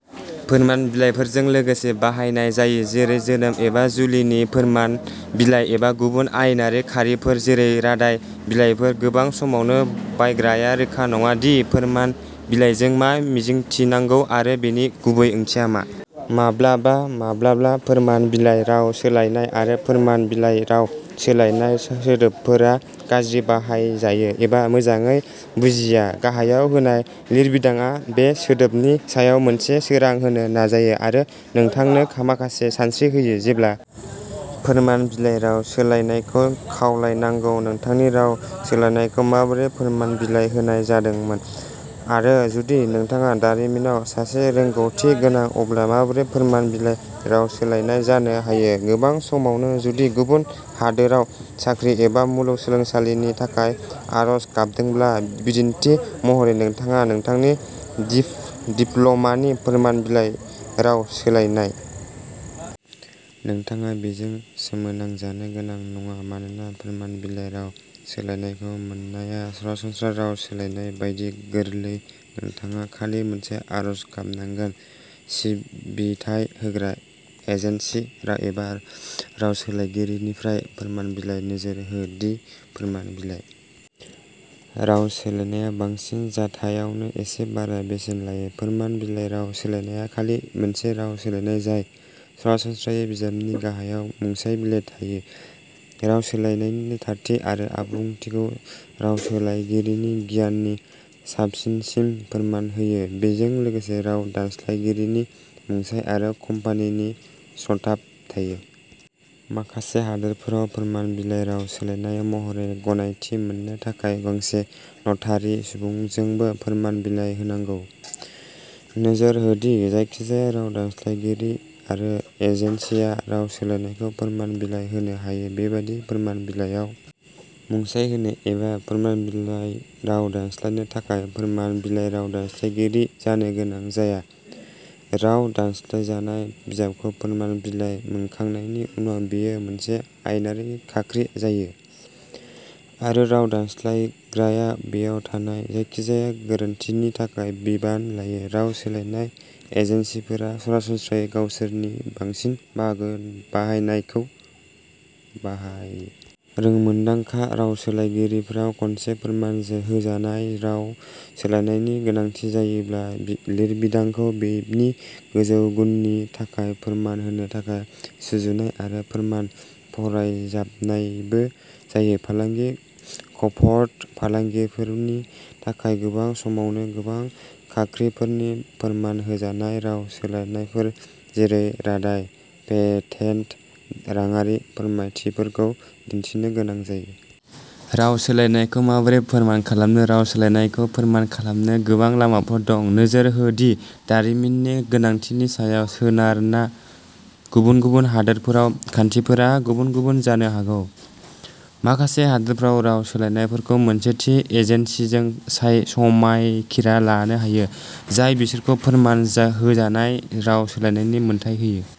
फोरमान बिलाइफोरजों लोगोसे बाहायनाय जायो जेरै जोनोम एबा जुलिनि फोरमान बिलाइ एबा गुबुन आयेनारि खारिफोर जेरै रादाय बिलाइफोर गोबां समावनो बायग्राया रोखा नङा दि फोरमान बिलाइजों मा मिजिंथिनांगौ आरो बेनि गुबै ओंथिया मा? माब्लाबा माब्लाब्ला फोरमान बिलाइ राव सोलायनाय आरो फोरमान बिलाइ राव सोलायनाय सोदोबफोरा गाज्रि बाहायजायो एबा मोजाङै बुजिया। गाहायाव होनाय लिरबिदांआ बे सोदोबनि सायाव मोनसे सोरां होनो नाजायो आरो नोंथांनो खामाखासे सानस्रि होयो जेब्ला फोरमान बिलाइ राव सोलायनायखौ खावलायनांगौ नोंथांनि राव सोलायनायखौ माबोरै फोरमान बिलाइ होनाय जादोंमोन आरो जुदि नोंथाङा दारिमिनाव सासे रोंग'थि गोनां अब्ला माबोरै फोरमान बिलाइ राव सोलायनाय जानो हायो गोबां समावनो जुदि गुबुन हादोराव साख्रि एबा मुलुगसोलोंसालिनि थाखाय आर'ज गाबदोंब्ला बिदिन्थि महरै नोंथाङा नोंथांनि डि-डिप्ल'मानि फोरमान बिलाइ राव सोलायनाय नोंथाङा बेजों सोमोनांजानो गोनां नङा मानोना फोरमान बिलाइ राव सोलायनायखौ मोननाया सरासनस्रा राव सोलायनाय बायदि गोरलै नोंथाङा खालि मोनसे आरज गाबनांगोन सिबिथाय होग्रा एजेन्सि रा एबा रावसोलायगिरिनिफ्राय फोरमान बिलाइ नोजोर हो दि फोरमान बिलाइ। राव सोलायनाया बांसिन जाथायावनो एसे बारा बेसेन लायो। फोरमान बिलाइ राव सोलायनाया खालि मोनसे राव सोलायनाय जाय सरासनस्रायै बिजाबनि गाहायाव मुंसाइ बिलाइ थायो राव सोलायनायनि थारथि आरो आबुंथिखौ रावसोलायगिरिनि गियाननि साबसिनसिम फोरमान होयो बेजों लोगोसे राव दानस्लायगिरिनि मुंसाइ आरो कम्पानिनि सटाम्प थायो। माखासे हादोरफोराव फोरमान बिलाइ राव सोलायनाय महरै गनायथि मोननो थाखाय गंसे नटारि सुबुंजोंबो फोरमान बिलाइ होनांगौ। नोजोर हो दि जायखिजाया राव दानस्लायगिरि आरो एजेन्सिआ राव सोलायनायखौ फोरमान बिलाइ होनो हायो बेबादि फोरमान बिलाइयाव मुंसाइ होनो एबा फोरमान बिलाइ राव दानस्लायनो थाखाय फोरमान बिलाइ राव दानस्लायगिरि जानो गोनां जाया। राव दानस्लायजानाय बिजाबखौ फोरमान बिलाइ मोनखांनायनि उनाव बेयो मोनसे आयेनारि खाख्रि जायो आरो राव दानस्लायग्राया बेयाव थानाय जायखिजाया गोरोन्थिनि थाखाय बिबान लायो राव सोलायनाय एजेन्सिफोरा सरासनस्रायै गावसोरनि बांसिन बाहागो बाहायनायखौ बाहाय रोंमोन्दांखा रावसोलायगिरिफोरा खनसे फोरमान जो होजानाय राव सोलायनायनि गोनांथि जायोब्ला बि लिरबिदांखौ बेनि गोजौ गुननि थाखाय फोरमान होनो थाखाय सुजुनाय आरो फोरमान फरायजाबनायबो जायो। फालांगि कर्पट फालांगिफोरनि थाखाय गोबां समावनो गोबां खाख्रिफोरनि फोरमान होजानाय राव सोलायनायफोर जेरै रादाय पेटेन्ट राङारि फोरमायथिफोरखौ दिन्थिनो गोनां जायो। राव सोलायनायखौ माबोरै फोरमान खालामनो राव सोलायनायखौ फोरमान खालामनो गोबां लामाफोर दं नोजोर हो दि दारिमिननि गोनांथिनि सायाव सोनारना गुबुन गुबुन हादोरफोराव खान्थिफोरा गुबुन गुबुन जानो हागौ। माखासे हादोरफोराव राव सोलायनायफोरखौ मोनसे थि एजेन्सिजों साय समायखिरा लानो हायो जाय बिसोरखौ फोरमान जा होजानाय राव सोलायनायनि मोन्थाइ होयो।